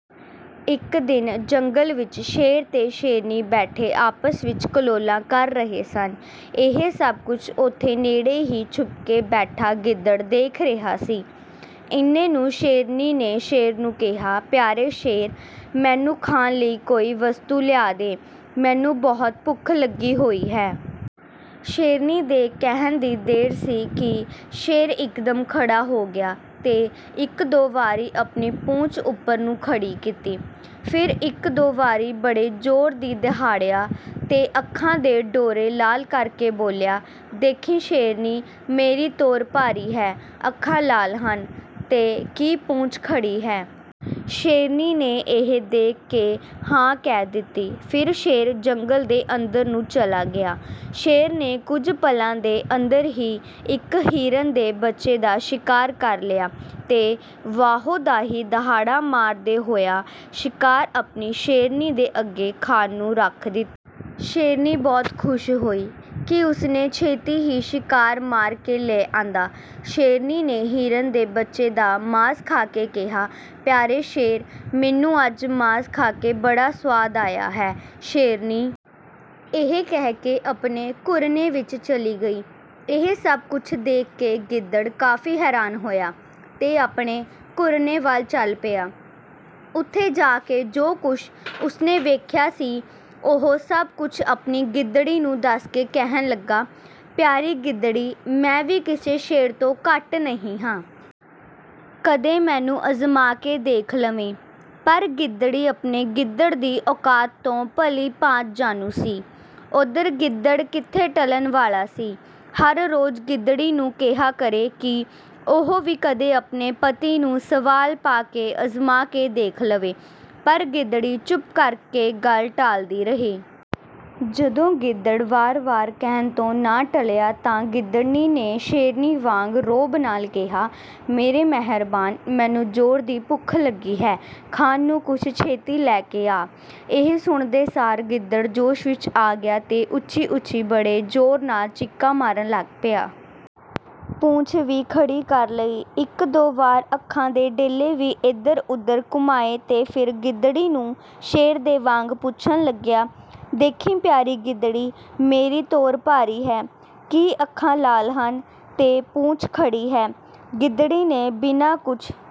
ਇੱਕ ਦਿਨ ਜੰਗਲ ਵਿੱਚ ਸ਼ੇਰ ਤੇ ਸ਼ੇਰਨੀ ਬੈਠੇ ਆਪਸ ਵਿੱਚ ਕਲੋਲਾਂ ਕਰ ਰਹੇ ਸਨ। ਇਹ ਸਭ ਕੁਝ ਉੱਥੇ ਨੇੜੇ ਹੀ ਛੁਪ ਕੇ ਬੈਠਾ ਗਿੱਦੜ ਦੇਖ ਰਿਹਾ ਸੀ। ਇੰਨੇ ਨੂੰ ਸ਼ੇਰਨੀ ਨੇ ਸ਼ੇਰ ਨੂੰ ਕਿਹਾ, ''ਪਿਆਰੇ ਸ਼ੇਰ, ਮੈਨੂੰ ਖਾਣ ਲਈ ਕੋਈ ਵਸਤੂ ਲਿਆ ਦੇ, ਮੈਨੂੰ ਬਹੁਤ ਭੁੱਖ ਲੱਗੀ ਹੋਈ ਹੈ।'' ''ਸ਼ੇਰਨੀ ਦੇ ਕਹਿਣ ਦੀ ਦੇਰ ਸੀ ਕਿ ਸ਼ੇਰ ਇਕਦਮ ਖੜ੍ਹਾ ਹੋ ਗਿਆ ਤੇ ਇੱਕ-ਦੋ ਵਾਰੀ ਆਪਣੀ ਪੂੰਛ ਉੱਪਰ ਨੂੰ ਖੜ੍ਹੀ ਕੀਤੀ। ਫਿਰ ਇੱਕ-ਦੋ ਵਾਰੀ ਬੜੇ ਜ਼ੋਰ ਦੀ ਦਹਾੜਿਆ ਤੇ ਅੱਖਾਂ ਦੇ ਡੋਰੇ ਲਾਲ ਕਰਕੇ ਬੋਲਿਆ, ''ਦੇਖੀਂ, ਸ਼ੇਰਨੀ, ਮੇਰੀ ਤੋਰ ਭਾਰੀ ਹੈ, ਅੱਖਾਂ ਲਾਲ ਹਨ ਤੇ ਕੀ ਪੂੰਛ ਖੜ੍ਹੀ ਹੈ?'' ਸ਼ੇਰਨੀ ਨੇ ਇਹ ਦੇਖ ਕੇ 'ਹਾਂ' ਕਹਿ ਦਿੱਤੀ। ਫਿਰ ਸ਼ੇਰ ਜੰਗਲ ਦੇ ਅੰਦਰ ਨੂੰ ਚਲਾ ਗਿਆ। ਸ਼ੇਰ ਨੇ ਕੁਝ ਪਲਾਂ ਦੇ ਅੰਦਰ ਹੀ ਇੱਕ ਹਿਰਨ ਦੇ ਬੱਚੇ ਦਾ ਸ਼ਿਕਾਰ ਕਰ ਲਿਆ ਤੇ ਵਾਹੋ-ਦਾਹੀ ਦਹਾੜਾਂ ਮਾਰਦਾ ਹੋਇਆ ਸ਼ਿਕਾਰ ਆਪਣੀ ਸ਼ੇਰਨੀ ਦੇ ਅੱਗੇ ਖਾਣ ਨੂੰ ਰੱਖ ਦਿੱਤਾ। ਸ਼ੇਰਨੀ ਬਹੁਤ ਖ਼ੁਸ਼ ਹੋਈ ਕਿ ਉਸ ਨੇ ਛੇਤੀ ਹੀ ਸ਼ਿਕਾਰ ਮਾਰ ਕੇ ਲੈ ਆਂਦਾ। ਸ਼ੇਰਨੀ ਨੇ ਹਿਰਨ ਦੇ ਬੱਚੇ ਦਾ ਮਾਸ ਖਾ ਕੇ ਕਿਹਾ, ''ਪਿਆਰੇ ਸ਼ੇਰ, ਮੈਨੂੰ ਅੱਜ ਮਾਸ ਖਾ ਕੇ ਬੜਾ ਸੁਆਦ ਆਇਆ ਹੈ।"ਸ਼ੇਰਨੀ ਇਹ ਕਹਿ ਕੇ ਆਪਣੇ ਘੁਰਨੇ ਵਿੱਚ ਚਲੀ ਗਈ। ਇਹ ਸਭ ਕੁਝ ਦੇਖ ਕੇ ਗਿੱਦੜ ਕਾਫ਼ੀ ਹੈਰਾਨ ਹੋਇਆ ਤੇ ਆਪਣੇ ਘੁਰਨੇ ਵੱਲ ਚੱਲ ਪਿਆ। ਉੱਥੇ ਜਾ ਕੇ ਜੋ ਕੁਝ ਉਸ ਨੇ ਵੇਖਿਆ ਸੀ, ਉਹ ਸਭ ਕੁਝ ਆਪਣੀ ਗਿੱਦੜੀ ਨੂੰ ਦੱਸ ਕੇ ਕਹਿਣ ਲੱਗਾ, ''ਪਿਆਰੀ ਗਿੱਦੜੀ, ਮੈਂ ਵੀ ਕਿਸੇ ਸ਼ੇਰ ਤੋਂ ਘੱਟ ਨਹੀਂ ਹਾਂ। ਕਦੇ ਮੈਨੂੰ ਅਜ਼ਮਾ ਕੇ ਦੇਖ ਲਵੀਂ।''ਪਰ ਗਿੱਦੜੀ ਆਪਣੇ ਗਿੱਦੜ ਦੀ ਔਕਾਤ ਤੋਂ ਭਲੀ-ਭਾਂਤ ਜਾਣੂ ਸੀ। ਓਧਰ ਗਿੱਦੜ ਕਿੱਥੇ ਟਲਣ ਵਾਲਾ ਸੀ। ਹਰ ਰੋਜ਼ ਗਿੱਦੜੀ ਨੂੰ ਕਿਹਾ ਕਰੇ ਕਿ ਉਹ ਵੀ ਕਦੇ ਆਪਣੇ ਪਤੀ ਨੂੰ ਸਵਾਲ ਪਾ ਕੇ ਅਜ਼ਮਾ ਕੇ ਦੇਖ ਲਵੇ, ਪਰ ਗਿੱਦੜੀ ਚੁੱਪ ਕਰਕੇ ਗੱਲ ਟਾਲਦੀ ਰਹੀ। ਜਦੋਂ ਗਿੱਦੜ ਵਾਰ-ਵਾਰ ਕਹਿਣ ਤੋਂ ਨਾ ਟਲਿਆ ਤਾਂ ਗਿੱਦੜੀ ਨੇ ਸ਼ੇਰਨੀ ਵਾਂਗ ਰੋਅਬ ਨਾਲ ਕਿਹਾ, ''ਮੇਰੇ ਮਿਹਰਬਾਨ, ਮੈਨੂੰ ਜ਼ੋਰ ਦੀ ਭੁੱਖ ਲੱਗੀ ਹੈ, ਖਾਣ ਨੂੰ ਕੁਝ ਛੇਤੀ ਲੈ ਕੇ ਆ।" ਇਹ ਸੁਣਦੇ ਸਾਰ ਗਿੱਦੜ ਜੋਸ਼ ਵਿੱਚ ਆ ਗਿਆ ਤੇ ਉੱਚੀ-ਉੱਚੀ ਬੜੇ ਜ਼ੋਰ ਨਾਲ ਚੀਕਾਂ ਮਾਰਨ ਲੱਗ ਪਿਆ। ਪੂੰਛ ਵੀ ਖੜ੍ਹੀ ਕਰ ਲਈ, ਇੱਕ-ਦੋ ਵਾਰ ਅੱਖਾਂ ਦੇ ਡੇਲੇ ਵੀ ਇੱਧਰ-ਉੱਧਰ ਘੁੰਮਾਏ ਤੇ ਫਿਰ ਗਿੱਦੜੀ ਨੂੰ ਸ਼ੇਰ ਦੇ ਵਾਂਗ ਪੁੱਛਣ ਲੱਗਿਆ, ''ਦੇਖੀਂ, ਪਿਆਰੀ ਗਿੱਦੜੀ, ਮੇਰੀ ਤੋਰ ਭਾਰੀ ਹੈ, ਕੀ ਅੱਖਾਂ ਲਾਲ ਹਨ ਤੇ ਪੂੰਛ ਖੜ੍ਹੀ ਹੈ?'' ਗਿੱਦੜੀ ਨੇ ਬਿਨਾਂ ਕੁਝ